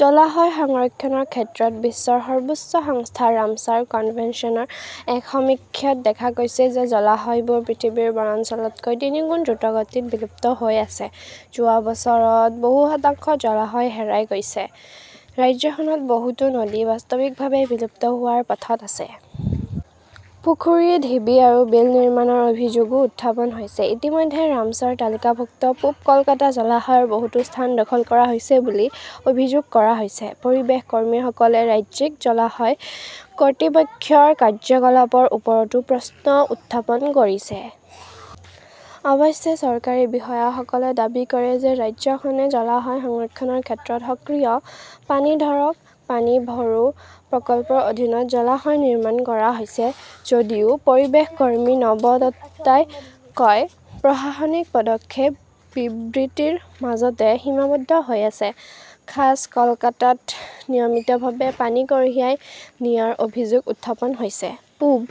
জলাশয় সংৰক্ষণৰ ক্ষেত্ৰত বিশ্বৰ সৰ্বোচ্চ সংস্থা ৰামছাৰ কনভেনচনৰ এক সমীক্ষাত দেখা গৈছে যে জলাশয়বোৰ পৃথিৱীৰ বনাঞ্চলতকৈ তিনিগুণ দ্ৰুতগতিত বিলুপ্ত হৈ আছে। যোৱা বছৰত বহু শতাংশ জলাশয় হেৰাই গৈছে। ৰাজ্যখনত বহুতো নদী বাস্তৱিকভাৱে বিলুপ্ত হোৱাৰ পথত আছে। পুখুৰী, ঢিবি আৰু বিল নিৰ্মাণৰ অভিযোগও উত্থাপন হৈছে। ইতিমধ্যে ৰামছাৰ তালিকাভুক্ত পূব কলকাতা জলাশয়ৰ বহুতো স্থান দখল কৰা হৈছে বুলি অভিযোগ কৰা হৈছে। পৰিৱেশ কৰ্মীসকলে ৰাজ্যিক জলাশয় কৰ্তৃপক্ষৰ কাৰ্য্যকলাপৰ ওপৰতো প্ৰশ্ন উত্থাপন কৰিছে। অৱশ্যে, চৰকাৰী বিষয়াসকলে দাবী কৰে যে ৰাজ্যখনে জলাশয় সংৰক্ষণৰ ক্ষেত্ৰত সক্ৰিয়। পানী ধৰক, পানী ভৰো প্ৰকল্পৰ অধীনত জলাশয় নিৰ্মাণ কৰা হৈছে। যদিও পৰিৱেশ কৰ্মী নৱদত্তাই কয়, প্ৰশাসনিক পদক্ষেপ বিবৃতিৰ মাজতে সীমাবদ্ধ হৈ আছে। খাছ কলকাতাত নিয়মিতভাৱে পানী কঢ়িয়াই নিয়াৰ অভিযোগ উত্থাপন হৈছিল। পূব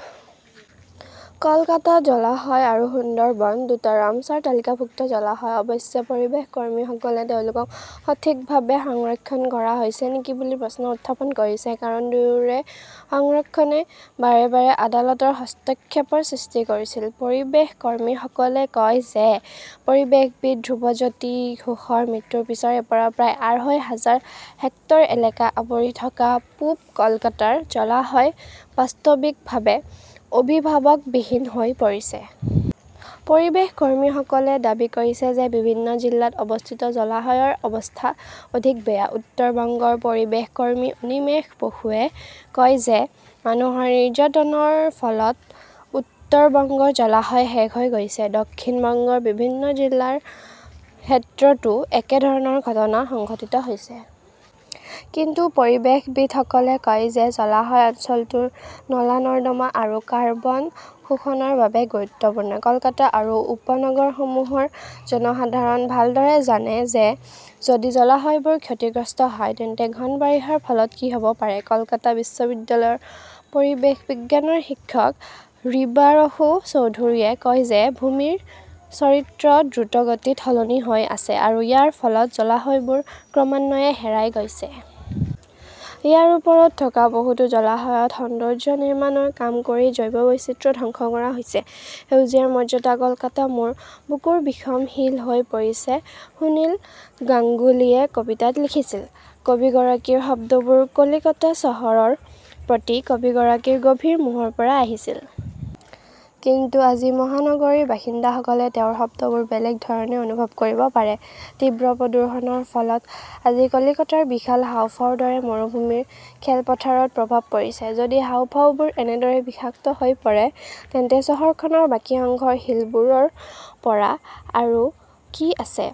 কলকাতা জলাশয় আৰু সুন্দৰবন, দুটা ৰামছাৰ তালিকাভুক্ত জলাশয়। অৱশ্যে, পৰিৱেশ কৰ্মীসকলে তেওঁলোকক সঠিকভাৱে সংৰক্ষণ কৰা হৈছে নেকি বুলি প্ৰশ্ন উত্থাপন কৰিছে। কাৰণ, দুয়োৰে সংৰক্ষণই বাৰে বাৰে আদালতৰ হস্তক্ষেপৰ সৃষ্টি কৰিছিল। পৰিৱেশ কৰ্মীসকলে কয় যে পৰিৱেশবিদ ধ্ৰবজ্যোতি ঘোষৰ মৃত্যুৰ পিছৰে পৰা প্ৰায় আঢ়ৈ হাজাৰ হেক্টৰ এলেকা আৱৰি থকা পূব কলকাতাৰ জলাশয় বাস্তৱিকভাৱে অভিভাৱকবিহীন হৈ পৰিছে। পৰিৱেশ কৰ্মীসকলে দাবী কৰিছে যে বিভিন্ন জিলাত অৱস্থিত জলাশয়ৰ অৱস্থা অধিক বেয়া। উত্তৰ বংগৰ পৰিৱেশ কৰ্মী অনিমেশ বসুৱে কয় যে মানুহৰ নিৰ্যাতনৰ ফলত উত্তৰ বংগৰ জলাশয় শেষ হৈ গৈছে। দক্ষিণ বংগৰ বিভিন্ন জিলাৰ ক্ষেত্ৰতো একে ধৰণৰ ঘটনা সংঘটিত হৈছে। কিন্তু পৰিৱেশবিদসকলে কয় যে জলাশয় অঞ্চলটোৰ নলা-নৰ্দমা আৰু কাৰ্বন শোষণৰ বাবে গুৰুত্বপূৰ্ণ। কলকাতা আৰু উপনগৰসমূহৰ জনসাধাৰণ ভালদৰে জানে যে যদি জলাশয়বোৰ ক্ষতিগ্ৰস্ত হয় তেন্তে ঘন বাৰিষাৰ ফলত কি হ'ব পাৰে। কলকাতা বিশ্ববিদ্যালয়ৰ পৰিৱেশ বিজ্ঞানৰ শিক্ষক ৰিবাৰসু চৌধুৰীয়ে কয় যে ভূমিৰ চৰিত্ৰ দ্ৰুতগতিত সলনি হৈ আছে আৰু ইয়াৰ ফলত জলাশয়বোৰ ক্ৰমান্বয়ে হেৰাই গৈছে। ইয়াৰ ওপৰত থকা বহুতো জলাশয়ত সৌন্দৰ্য্য নিৰ্মাণৰ কাম কৰি জৈৱ বৈচিত্ৰ্য ধ্বংস কৰা হৈছে। সেউজীয়াৰ মৰ্যাদা কলকাতা মোৰ বুকুৰ বিষম শিল হৈ পৰিছে সুনীল গাংগুলীয়ে কবিতাত লিখিছিল। কবিগৰাকীৰ শব্দবোৰ কলিকতা চহৰৰ প্ৰতি কবিগৰাকীৰ গভীৰ মোহৰ পৰা আহিছিল। কিন্তু আজি মহানগৰীৰ বাসিন্দাসকলে তেওঁৰ শব্দবোৰ বেলেগ ধৰণে অনুভৱ কৰিব পাৰে। তীব্ৰ প্ৰদূষণৰ ফলত আজি কলিকতাৰ বিশাল হাঁওফাঁওৰ দৰে মৰুভূমিৰ খেলপথাৰত প্ৰভাৱ পৰিছে। যদি হাঁওফাঁওবোৰ এনেদৰে বিষাক্ত হৈ পৰে, তেন্তে চহৰখনৰ বাকী অংশৰ শিলবোৰৰ পৰা আৰু কি আছে।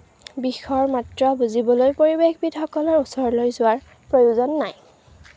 বিষৰ মাত্ৰা বুজিবলৈ পৰিৱেশবিদসকলৰ ওচৰলৈ যোৱাৰ প্ৰয়োজন নাই।